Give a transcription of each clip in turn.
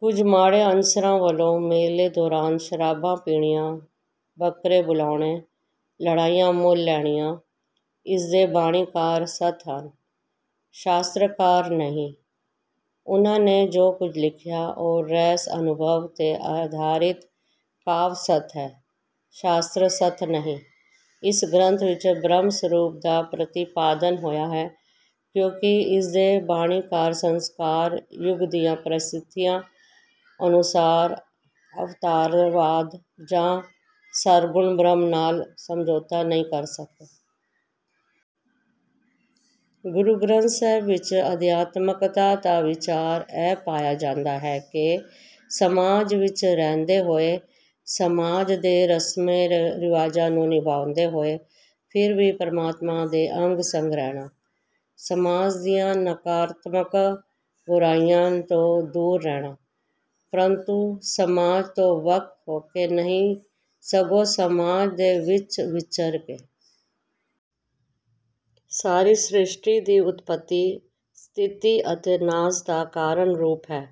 ਕੁਝ ਮਾੜੇ ਅਨਸਰਾਂ ਵੱਲੋਂ ਮੇਲੇ ਦੌਰਾਨ ਸ਼ਰਾਬਾਂ ਪੀਣੀਆਂ, ਬੱਕਰੇ ਬੁਲਾਉਣੇ, ਲੜਾਈਆਂ ਮੁੱਲ ਲੈਣੀਆਂ। ਇਸਦੇ ਬਾਣੀਕਾਰ ਸੰਤ ਹਨ, ਸਾਸ਼ਤਰਕਾਰ ਨਹੀਂ। ਉਨ੍ਹਾਂ ਨੇ ਜੋ ਕੁੱਝ ਲਿਖਿਆ, ਉਹ ਰਹੱਸ-ਅਨੁਭਵ 'ਤੇ ਅਧਾਰਿਤ ਕਾਵਿ-ਸਤਿ ਹੈ, ਸਾਸ਼ਤਰ-ਸਤ ਨਹੀਂ। ਇਸ ਗ੍ਰੰਥ ਵਿਚ ਬ੍ਰਹਮ ਸਰੂਪ ਦਾ ਪ੍ਰਤੀਪਾਦਨ ਹੋਇਆ ਹੈ, ਕਿਉਂਕਿ ਇਸਦੇ ਬਾਣੀਕਾਰ ਸੰਸਕਾਰ ਯੁਗ ਦੀਆਂ ਪਰਿਸਥਿਤੀਆਂ ਅਨੁਸਾਰ ਅਵਤਾਰਵਾਦ ਜਾਂ ਸਰਗੁਣ ਬ੍ਰਹਮ ਨਾਲ ਸਮਝੌਤਾ ਨਹੀਂ ਕਰ ਸਕੇ। ਗੁਰੂ ਗ੍ਰੰਥ ਸਾਹਿਬ ਵਿਚ ਅਧਿਆਤਮਕਤਾ ਦਾ ਵਿਚਾਰ ਇਹ ਪਾਇਆ ਜਾਂਦਾ ਹੈ ਕਿ ਸਮਾਜ ਵਿਚ ਰਹਿੰਦੇ ਹੋਏ, ਸਮਾਜ ਦੇ ਰਮਮੋਂ-ਰਿਵਾਜਾਂ ਨੂੰ ਨਿਭਾਉਂਦੇ ਹੋਏ ਫਿਰ ਵੀ ਪਰਮਾਤਮਾ ਦੇ ਅੰਗ-ਸੰਗ ਰਹਿਣਾ। ਸਮਾਜ ਦੀਆਂ ਨਾਕਾਰਾਤਮਕ ਬੁਰਾਈਆਂ ਤੋਂ ਦੂਰ ਰਹਿਣਾ, ਪਰੰਤੂ ਸਮਾਜ ਤੋਂ ਵੱਖ ਹੋ ਕੇ ਨਹੀਂ ਸਗੋਂ ਸਮਾਜ ਦੇ ਵਿਚ ਵਿਚਰ ਕੇ। ਸਾਰੀ ਸਿ੍ਰਸ਼ਟੀ ਦੀ ਉਤਪਤੀ, ਸਥਿਤੀ ਅਤੇ ਨਾਸ ਦਾ ਕਾਰਨ ਰੂਪ ਹੈ।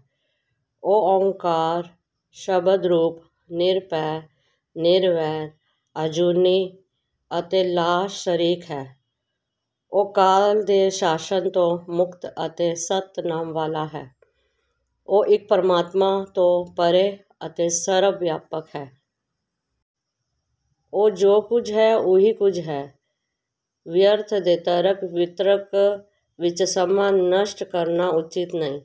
ਉਹ ਓਅੰਕਾਰ, ਸ਼ਬਦ ਰੂਪ, ਨਿਰਭੈ, ਨਿਰਵੈਰ, ਅਜੂਨੀ ਅਤੇ ਲਾ-ਸ਼ਰੀਕ ਹੈ। ਉਹ ਕਾਲ ਦੇ ਸ਼ਾਸ਼ਨ ਤੋਂ ਮੁਕਤ ਅਤੇ ਸਤਿਨਾਮ ਵਾਲਾ ਹੈ। ਉਹ ਇੱਕ ਪਰਮਾਤਮਾ ਤੋਂ ਪਰ੍ਹੇ ਅਤੇ ਸਰਬ-ਵਿਆਪਕ ਹੈ। ਉਹ ਜੋ ਕੁੱਝ ਹੈ, ਉਹੀ ਕੁੱਝ ਹੈ। ਵਿਅਰਥ ਦੇ ਤਰਕ ਵਿਤਰਕ ਵਿਚ ਸਮਾਂ ਨਸ਼ਟ ਕਰਨਾ ਉਚਿਤ ਨਹੀਂ।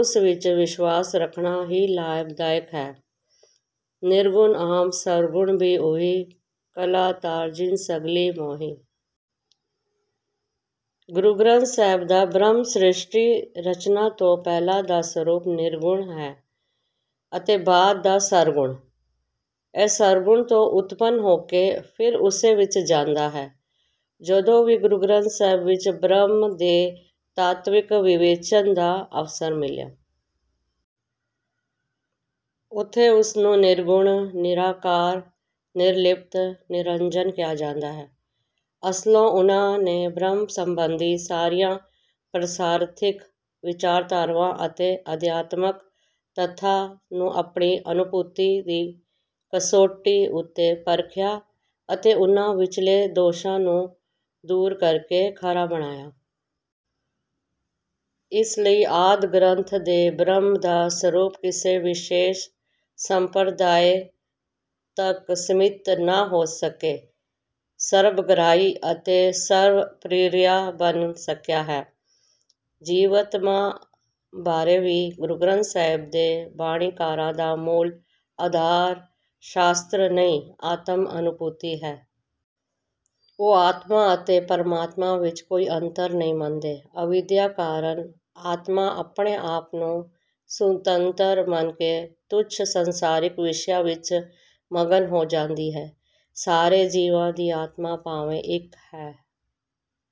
ਉਸ ਵਿਚ ਵਿਸ਼ਵਾਸ ਰੱਖਣਾ ਹੀ ਲਾਭਦਾਇਕ ਹੈ। ਨਿਰਗੁਣ ਆਪਿ ਸਰਗੁਣੁ ਭੀ ਉਹੀ।। ਕਲਾ ਧਾਰਿ ਜਿਨਿ ਸਗਲੀ ਮੋਹੀ।। ਗੁਰੂ ਗ੍ਰੰਥ ਸਾਹਿਬ ਦਾ ਬ੍ਰਹਮ ਸਿ੍ਰਸ਼ਟੀ ਰਚਨਾ ਤੋਂ ਪਹਿਲਾਂ ਦਾ ਸਰੂਪ ਨਿਰਗੁਣ ਹੈ ਅਤੇ ਬਾਅਦ ਦਾ ਸਰਗੁਣ। ਇਹ ਸਰਗੁਣ ਤੋਂ ਉਤਪੰਨ ਹੋ ਕੇ ਫਿਰ ਉਸੇ ਵਿਚ ਜਾਂਦਾ ਹੈ। ਜਦੋਂ ਵੀ ਗੁਰੂ ਗ੍ਰੰਥ ਸਾਹਿਬ ਵਿਚ ਬ੍ਰਹਮ ਦੇ ਤਾਤਵਿਕ ਵਿਵੇਚਨ ਦਾ ਅਵਸਰ ਮਿਲਿਆ। ਉੱਥੇ ਉਸਨੂੰ ਨਿਰਗੁਣ, ਨਿਰਾਕਾਰ, ਨਿਰਲਿਪਤ, ਨਿਰੰਜਨ ਕਿਹਾ ਜਾਂਦਾ ਹੈ। ਅਸਲੋਂ ਉਨ੍ਹਾਂ ਨੇ ਬ੍ਰਹਮ ਸੰਬੰਧੀ ਸਾਰੀਆਂ ਪ੍ਰਰਸਾਰਥਿਕ ਵਿਚਾਰਧਾਰਾਵਾਂ ਅਤੇ ਅਧਿਆਤਮਕ ਤੱਥਾਂ ਨੂੰ ਆਪਣੀ ਅਨੂਭੂਤੀ ਦੀ ਕਸੌਟੀ ਉੱਤੇ ਪਰਖਿਆ ਅਤੇ ਉਨ੍ਹਾਂ ਵਿਚਲੇ ਦੋਸਾਂ ਨੂੰ ਦੂਰ ਕਰਕੇ ਖਰਾ ਬਣਾਇਆ। ਇਸ ਲਈ ਆਦਿ ਗ੍ਰੰਥ ਦੇ ਬ੍ਰਹਮ ਦਾ ਸਰੂਪ ਕਿਸੇ ਵਿਸ਼ੇਸ਼ ਸੰਪਰਦਾਇ ਤੱਕ ਸੀਮਿਤ ਨਾ ਹੋ ਸਕੇ ਸਰਬਗ੍ਰਾਹੀ ਅਤੇ ਸਰਵ ਪਿ੍ਰਯਾ ਬਣ ਸਕਿਆ ਹੈੇੇ। ਜੀਵਤਮਾ ਬਾਰੇ ਵੀ ਗੁਰੂ ਗ੍ਰੰਥ ਸਾਹਿਬ ਦੇ ਬਾਣੀਕਾਰਾਂ ਦਾ ਮੂਲ ਅਧਾਰ ਸਾਸ਼ਤਰ ਨਹੀਂ, ਆਤਮ ਅਨੂਭੂਤੀ ਹੈ। ਉਹ ਆਤਮਾ ਅਤੇ ਪਰਮਾਤਮਾ ਵਿਚ ਕੋਈ ਅੰਤਰ ਨਹੀਂ ਮੰਨਦੇ। ਅਵਿਦਿਆ ਕਾਰਨ ਆਤਮਾ ਆਪਣੇ ਆਪ ਨੂੰ ਸੁਤੰਤਰ ਮੰਨ ਕੇ ਤੁੱਛ ਸੰਸਾਰਿਕ ਵਿਸ਼ਿਆਂ ਵਿਚ ਮਗਨ ਹੋ ਜਾਂਦੀ ਹੈ। ਸਾਰੇ ਜੀਵਾਂ ਦੀ ਆਤਮਾ ਭਾਵੇਂ ਇਕ ਹੈ,